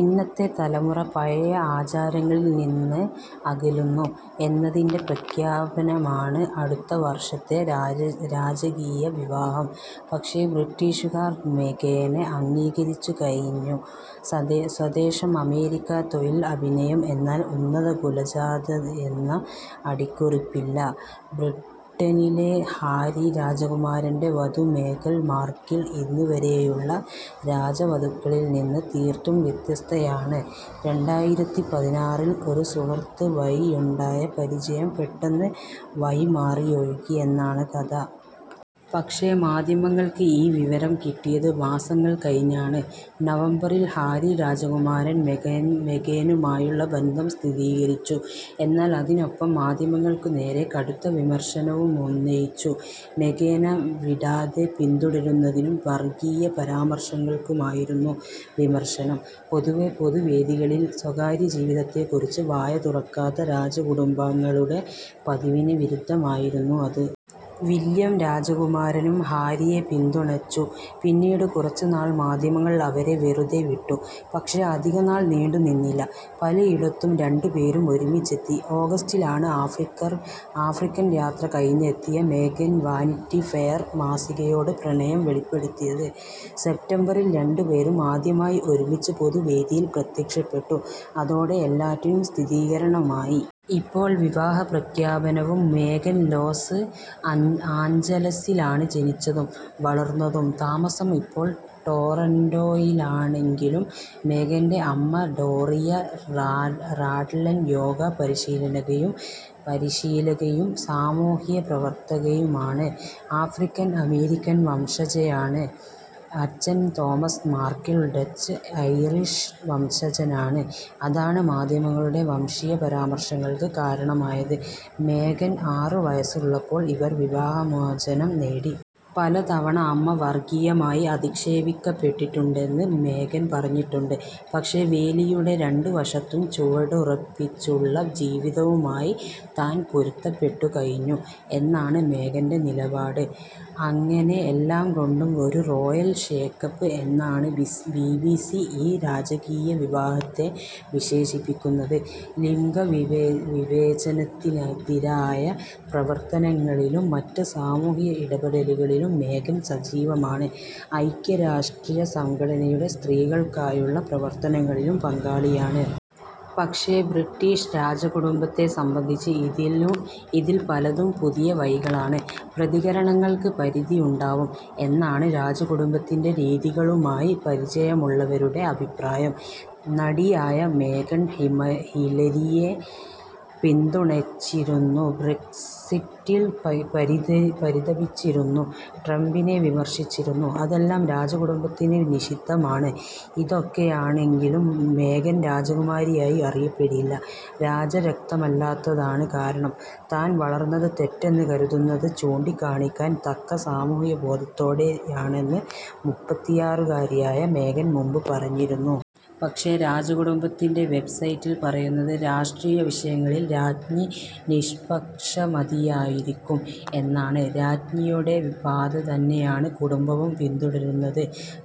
ഇന്നത്തെ തലമുറ പഴയ ആചാരങ്ങളിൽനിന്ന് അകലുന്നു എന്നതിന്റെ പ്രഖ്യാപനമാണ് അടുത്ത വർഷത്തെ രാജകീയ വിവാഹം. പക്ഷേ ബ്രിട്ടീഷുകാർ മേഗനെ അംഗീകരിച്ചുകഴിഞ്ഞു. സ്വദേശം അമേരിക്ക. തൊഴിൽ അഭിനയം. എന്നാൽ ഉന്നതകുലജാതയെന്ന അടിക്കുറിപ്പില്ല. ബ്രിട്ടനിലെ ഹാരി രാജകുമാരന്റെ വധു മേഗൻ മാർക്കിൾ ഇന്നുവരെയുള്ള രാജവധുക്കളിൽനിന്ന് തീർത്തും വ്യത്യസ്തയാണ്. രണ്ടായിരത്തി പതിനാറിൽ ഒരു സുഹൃത്ത് വഴിയുണ്ടായ പരിചയം പെട്ടെന്ന് വഴിമാറിയൊഴുകി എന്നാണ് കഥ. പക്ഷേ മാധ്യമങ്ങൾക്ക് ഈ വിവരം കിട്ടിയത് മാസങ്ങൾ കഴിഞ്ഞാണ്. നവംബറിൽ ഹാരി രാജകുമാരൻ മേഗനുമായുള്ള ബന്ധം സ്ഥിരീകരിച്ചു. എന്നാൽ അതിനൊപ്പം മാധ്യമങ്ങൾക്കുനേരെ കടുത്ത വിമർശനവുമുന്നയിച്ചു. മേഗനെ വിടാതെ പിന്തുടരുന്നതിനും വർഗീയ പരാമർശങ്ങൾക്കുമായിരുന്നു വിമർശനം. പൊതുവേ പൊതുവേദികളിൽ സ്വകാര്യജീവിതത്തെക്കുറിച്ച് വായ തുറക്കാത്ത രാജകുടുംബാംഗങ്ങളുടെ പതിവിന് വിരുദ്ധമായിരുന്നു അത്. വില്യം രാജകുമാരനും ഹാരിയെ പിന്തുണച്ചു. പിന്നീട് കുറച്ചുനാൾ മാധ്യമങ്ങൾ അവരെ വെറുതേവിട്ടു. പക്ഷേ അധികനാൾ നീണ്ടുനിന്നില്ല. പലയിടത്തും രണ്ടുപേരും ഒരുമിച്ചെത്തി. ഓഗസ്റ്റിലാണ് ആഫ്രിക്കൻ യാത്ര കഴിഞ്ഞെത്തിയ മേഗൻ വാനിറ്റി ഫെയർ മാസികയോട് പ്രണയം വെളിപ്പെടുത്തിയത്. സെപ്റ്റംബറിൽ രണ്ടുപേരും ആദ്യമായി ഒരുമിച്ച് പൊതുവേദിയിൽ പ്രത്യക്ഷപ്പെട്ടു. അതോടെ എല്ലാറ്റിനും സ്ഥിരീകരണമായി. ഇപ്പോൾ വിവാഹപ്രഖ്യാപനവും. മേഗൻ ലോസ് ആഞ്ചലസിലാണ് ജനിച്ചതും വളർന്നതും. താമസം ഇപ്പോൾ ടൊറന്റോയിലാണെങ്കിലും മേഗന്റെ അമ്മ ഡോറിയ റാഡ്ലൻ യോഗ പരിശീലകയും സാമൂഹ്യപ്രവർത്തകയുമാണ്. ആഫ്രിക്കൻ അമേരിക്കൻ വംശജയാണ്. അച്ഛൻ തോമസ് മാർക്കിൾ ഡച്ച് ഐറിഷ് വംശജനാണ്. അതാണ് മാധ്യമങ്ങളുടെ വംശീയ പരാമർശങ്ങൾക്ക് കാരണമായത്. മേഗന് ആറ് വയസുള്ളപ്പോൾ ഇവർ വിവാഹമോചനം നേടി. പലതവണ അമ്മ വർഗീയമായി അധിക്ഷേപിക്കപ്പെട്ടിട്ടുണ്ടെന്ന് മേഗൻ പറഞ്ഞിട്ടുണ്ട്. പക്ഷേ വേലിയുടെ രണ്ടുവശത്തും ചുവടുറപ്പിച്ചുള്ള ജീവിതവുമായി താൻ പൊരുത്തപ്പെട്ടുകഴിഞ്ഞു എന്നാണ് മേഗന്റെ നിലപാട്. അങ്ങനെ എല്ലാംകൊണ്ടും ഒരു റോയൽ ഷേക്കപ്പ് എന്നാണ് ബിബിസി ഈ രാജകീയവിവാഹത്തെ വിശേഷിപ്പിക്കുന്നത്. ലിംഗവിവേചനത്തിനെതിരായ പ്രവർത്തനങ്ങളിലും മറ്റ് സാമൂഹ്യ ഇടപെടലുകളിലും മേഗൻ സജീവമാണ്. ഐക്യരാഷ്ട്ര സംഘടനയുടെ സ്ത്രീകൾക്കായുള്ള പ്രവർത്തനങ്ങളിലും പങ്കാളിയാണ്. പക്ഷേ ബ്രിട്ടീഷ് രാജകുടുംബത്തെ സംബന്ധിച്ച് ഇതിൽ പലതും പുതിയ വഴികളാണ്. പ്രതികരണങ്ങൾക്ക് പരിധിയുണ്ടാവും എന്നാണ് രാജകുടുംബത്തിന്റെ രീതികളുമായി പരിചയമുള്ളവരുടെ അഭിപ്രായം. നടിയായ മേഗൻ ഹിലരിയെ പിന്തുണച്ചിരുന്നു. ബ്രെക്സിറ്റിൽ പരിതപിച്ചിരുന്നു. ട്രംപിനെ വിമർശിച്ചിരുന്നു. അതെല്ലാം രാജകുടുംബത്തിന് നിഷിദ്ധമാണ്. ഇതൊക്കെയാണെങ്കിലും മേഗൻ രാജകുമാരിയായി അറിയപ്പെടില്ല. രാജരക്തമല്ലാത്തതാണ് കാരണം. താൻ വളർന്നത് തെറ്റെന്ന് കരുതുന്നത് ചൂണ്ടിക്കാണിക്കാൻ തക്ക സാമൂഹ്യബോധത്തോടെയാണെന്ന് മുപ്പത്തിയാറുകാരിയായ മേഗൻ മുമ്പ് പറഞ്ഞിരുന്നു. പക്ഷേ രാജകുടുംബത്തിന്റെ വെബ്സൈറ്റിൽ പറയുന്നത് രാഷ്ട്രീയവിഷയങ്ങളിൽ രാജ്ഞി നിഷ്പക്ഷമതിയായിരിക്കും എന്നാണ്. രാജ്ഞിയുടെ പാതതന്നെയാണ് കുടുംബവും പിന്തുടരുന്നത്.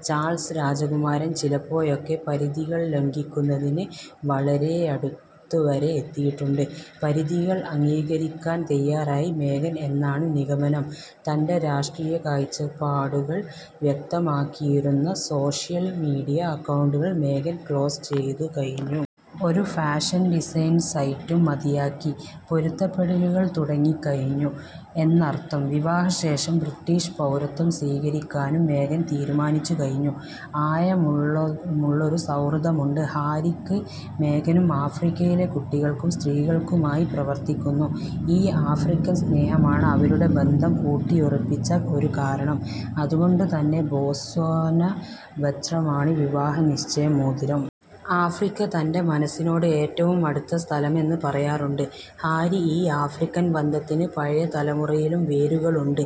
ചാൾസ് രാജകുമാരൻ ചിലപ്പോഴൊക്കെ പരിധികൾ ലംഘിക്കുന്നതിന് വളരെയടുത്തുവരെ എത്തിയിട്ടുണ്ട്. പരിധികൾ അംഗീകരിക്കാൻ തയ്യാറായി മേഗൻ എന്നാണ് നിഗമനം. തന്റെ രാഷ്ട്രീയകാഴ്ചപ്പാടുകൾ വ്യക്തമാക്കിയിരുന്ന സോഷ്യൽ മീഡിയ അക്കൗണ്ടുകൾ മേഗൻ ക്ലോസ് ചെയ്തു കഴിഞ്ഞു. ഒരു ഫാഷൻ ഡിസൈൻ സൈറ്റും മതിയാക്കി. പൊരുത്തപ്പെടലുകൾ തുടങ്ങിക്കഴിഞ്ഞു എന്നർത്ഥം. വിവാഹശേഷം ബ്രിട്ടീഷ് പൗരത്വം സ്വീകരിക്കാനും മേഗൻ തീരുമാനിച്ചുകഴിഞ്ഞു. ആഴമുള്ളൊരു സൗഹൃദമുണ്ട് ഹാരിക്ക്. മേഗനും ആഫ്രിക്കയിലെ കുട്ടികൾക്കും സ്ത്രീകൾക്കുമായി പ്രവർത്തിക്കുന്നു. ഈ ആഫ്രിക്കൻ സ്നേഹമാണ് അവരുടെ ബന്ധം ഊട്ടിയുറപ്പിച്ച ഒരു കാരണം. അതുകൊണ്ടുതന്നെ ബോസ്വാന വജ്രമാണ് വിവാഹനിശ്ചയമോതിരം. ആഫ്രിക്ക തന്റെ മനസ്സിനോട് ഏറ്റവും അടുത്ത സ്ഥലമെന്ന് പറയാറുണ്ട് ഹാരി.ഈ ആഫ്രിക്കൻ ബന്ധത്തിന് പഴയ തലമുറയിലും വേരുകളുണ്ട്.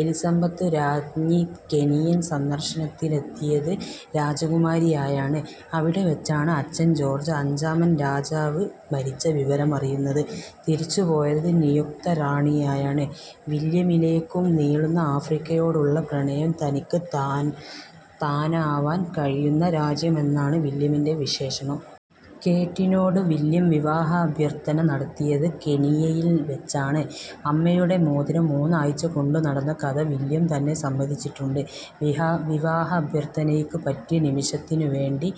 എലിസബത്ത് രാജ്ഞി കെനിയൻ സന്ദർശനത്തിനെത്തിയത് രാജകുമാരിയായാണ്. അവിടെവച്ചാണ് അച്ഛൻ ജോർജ് അഞ്ചാമൻ രാജാവ് മരിച്ച വിവരമറിയുന്നത്. തിരിച്ചുപോയത് നിയുക്ത റാണിയായാണ്. വില്യമിലേക്കും നീളുന്നു ആഫ്രിക്കയോടുള്ള പ്രണയം. തനിക്ക് താനാവാൻ കഴിയുന്ന രാജ്യമെന്നാണ് വില്യമിന്റെ വിശേഷണം. കേറ്റിനോട് വില്യം വിവാഹാഭ്യർഥന നടത്തിയത് കെനിയയിൽവച്ചാണ്. അമ്മയുടെ മോതിരം മൂന്നാഴ്ച കൊണ്ടുനടന്ന കഥ വില്യം തന്നെ സമ്മതിച്ചിട്ടുണ്ട്. വിവാഹാഭ്യർഥനയ്ക്ക് പറ്റിയ നിമിഷത്തിനുവേണ്ടി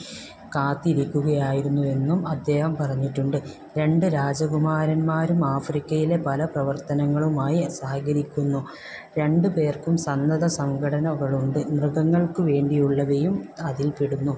കാത്തിരിക്കുകയായിരുന്നുവെന്നും അദ്ദേഹം പറഞ്ഞിട്ടുണ്ട്. രണ്ട് രാജകുമാരന്മാരും ആഫ്രിക്കയിലെ പല പ്രവർത്തനങ്ങളുമായി സഹകരിക്കുന്നു. രണ്ടുപേർക്കും സന്നദ്ധ സംഘടനകളുണ്ട്. മൃഗങ്ങൾക്കുവേണ്ടിയുള്ളവയും അതിൽപ്പെടുന്നു.